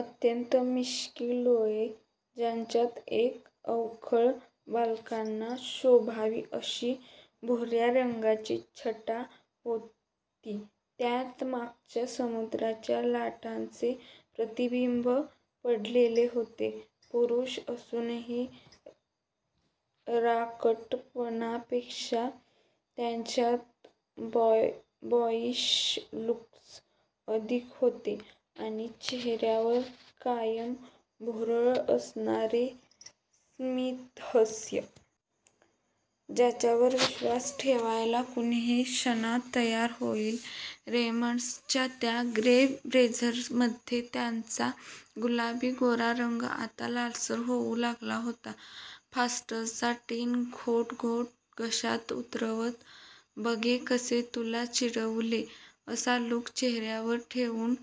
अत्यंत मिश्कील डोळे, ज्यांच्यात एक अवखळ, बालकांना शोभावी अशी भुर्या रंगाची छटा होती, त्यांत मागच्या समुद्राच्या लाटांचे प्रतिबिंब पडलेले होते. पुरूष असूनही राकटपणापेक्षा त्याच्यात बॉयीश लूक्स अधिक होते. आणि चेहर्यावर कायम भुरळ पाडणारे स्मितहास्य! ज्यावर विश्वास ठेवायला कुणीही क्षणात तयार होईल! रेमंड्सच्या त्या ग्रे ब्लेझरमध्ये त्याचा गुलाबी गोरा रंग आता लालसर होऊ लागला होता. फॉस्टरचा टिन घोट घोट घशात उतरवत 'बघ कसे तुला चिडवले' असा लूक चेहर्यावर ठेवून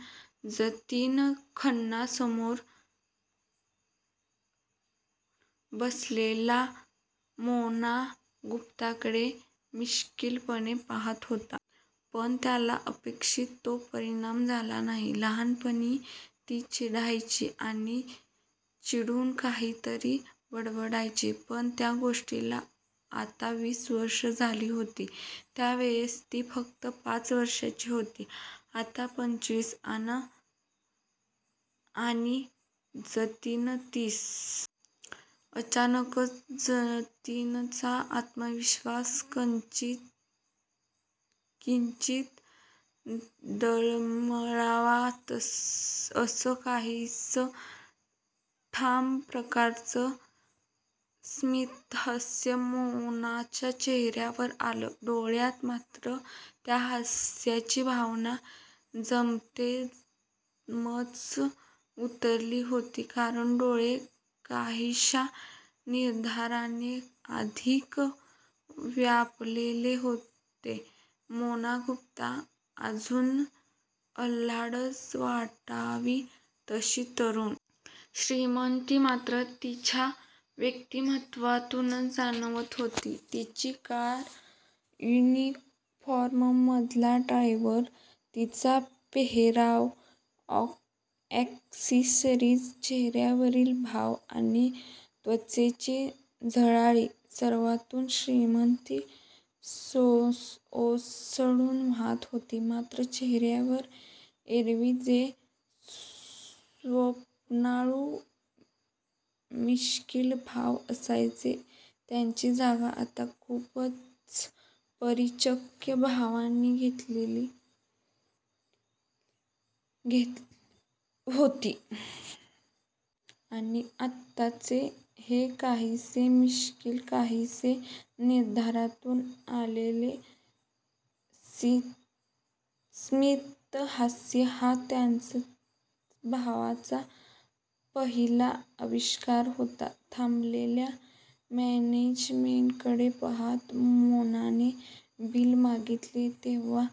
जतीन खन्ना समोर बसलेल्या मोना गुप्ताकडे मिश्कीलपणे पाहात होता. पण त्याला अपेक्षित तो परिणाम झाला नाही. लहानपणी ती चिडायची आणि चिडून काहीतरी बडबडायची. पण त्या गोष्टीला आता वीस वर्षे झाली होती. त्यावेळेस ती फक्त पाच वर्षांची होती. आता पंचवीस! आणि जतीन तीस! अचानकच, जतीनचा आत्मविश्वास किंचित डळमळावा असं काहीसं ठाम प्रकारचं स्मितहास्य मोनाच्या चेहर्यावर आलं! डोळ्यात मात्र त्या हास्याची भावना जेमतेमच उतरली होती. कारण डोळे काहीश्या निर्धाराने अधिक व्यापलेले होते. मोना गुप्ता! अजून अल्लडच वाटावी अशी तरुणी! श्रीमंती मात्र तिच्या व्यक्तीमत्वातूनच जाणवत होती. तिची कार, युनिफॉर्ममधला ड्रायव्हर, तिचा पेहेराव, ॲक्सेसरीज, चेहर्यावरील भाव आणि त्वचेही झळाळी! सर्वातून श्रीमंती ओसंडून वाहात होती. मात्र चेहर्यावर एरवी जे स्वप्नाळू, मिश्कील भाव असायचे त्यांची जागा आता खूपच परिपक्व भावांनी घेतलेली होती. आणि आत्ताचे हे काहीसे मिश्कील, काहीसे निर्धारातून आलेले स्मितहास्य हा त्याच भावांचा पहिला आविष्कार होता. थांबलेल्या मॅनेजरकडे पाहात मोनाने बिल मागीतले तेव्हा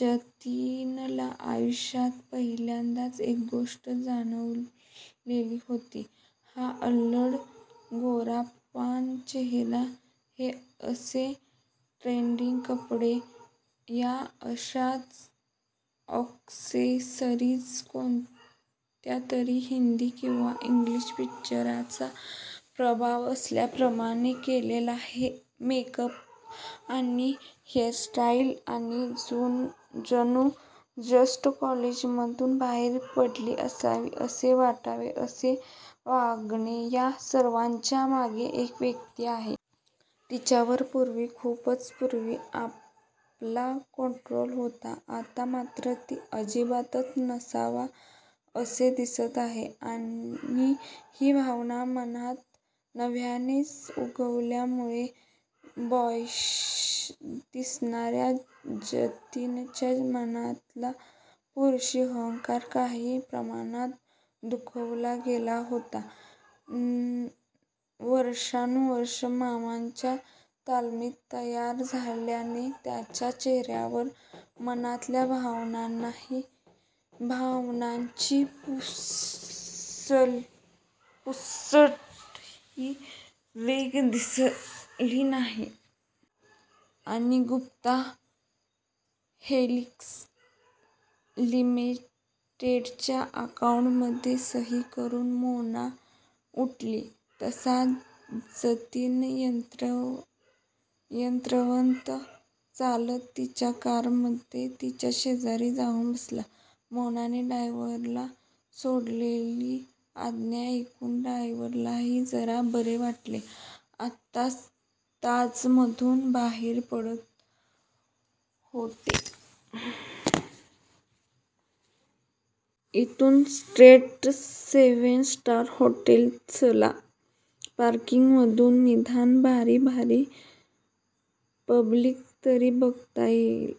जतीनला आयुष्यात पहिल्यांदाच एक गोष्ट जाणवलेली होती. हा अल्लड गोरापान चेहरा, हे असे ट्रेंडी कपडे, या अशा ॲक्सेसरीज क्सेसरीज, कोणत्यातरी हिंदी किंवा इंग्लीश पिक्चरचा प्रभाव असल्याप्रमाणे केलेला मेक अप आणि हेअर स्टाईल आणि जणू जस्ट कॉलेजमधून बाहेर पडली असावे असे वाटावे असे वागणे या सर्वाच्या मागे एक व्यक्ती आहे. जिच्यावर पुर्वी, खूपच पुर्वी आपला कंट्रोल होता आता मात्र तो अजिबातच नसावा असे दिसत आहे. आणि ही भावना मनात नव्यानेच उगवल्यामुळे बॉयीश दिसणार्या जतीनच्या मनातला पुरुषी अहंकार काही प्रमाणात दुखावला गेला होता. वर्षानुवर्षे मामांच्या तालमीत तयार झाल्याने त्याच्या चेहर्यावर मनातल्या भावनांची पुसटही रेघ दिसली नाही. आणि गुप्ता हेलिक्स लिमिटेडच्या अकाउंटमध्ये सही करून मोना उठली तसा जतीन यंत्रवत चालत तिच्या कारमध्ये तिच्या शेजारी जाऊन बसला. मोनाने ड्रायव्हरला सोडलेली आज्ञा ऐकून ड्रायव्हरलाही जरा बरे वाटले. आत्ताच ताजमधून बाहेर पडत होते. इथून स्ट्रेट सेव्हन स्टार हॉटेल! चला! पार्किंगमधून निदान भारी भारी पब्लिक तरी बघता येईल.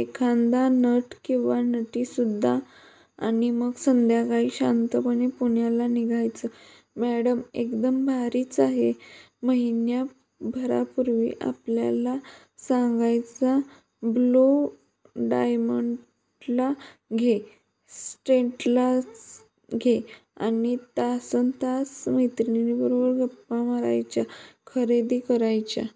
एखादा नट किंवा नटीसुद्धा! आणि मग संध्याकाळी शांतपणे पुण्याला निघायचं! मॅडम एकदम भारीच आहेत. महिन्याभरापुर्वी आपल्याला सांगायच्या ब्ल्यू डायमंडला घे, सेंट्रलला घे! आणि तासनतास मैत्रिणींबरोबर गप्पा मारायच्या, खरेदी करायच्या--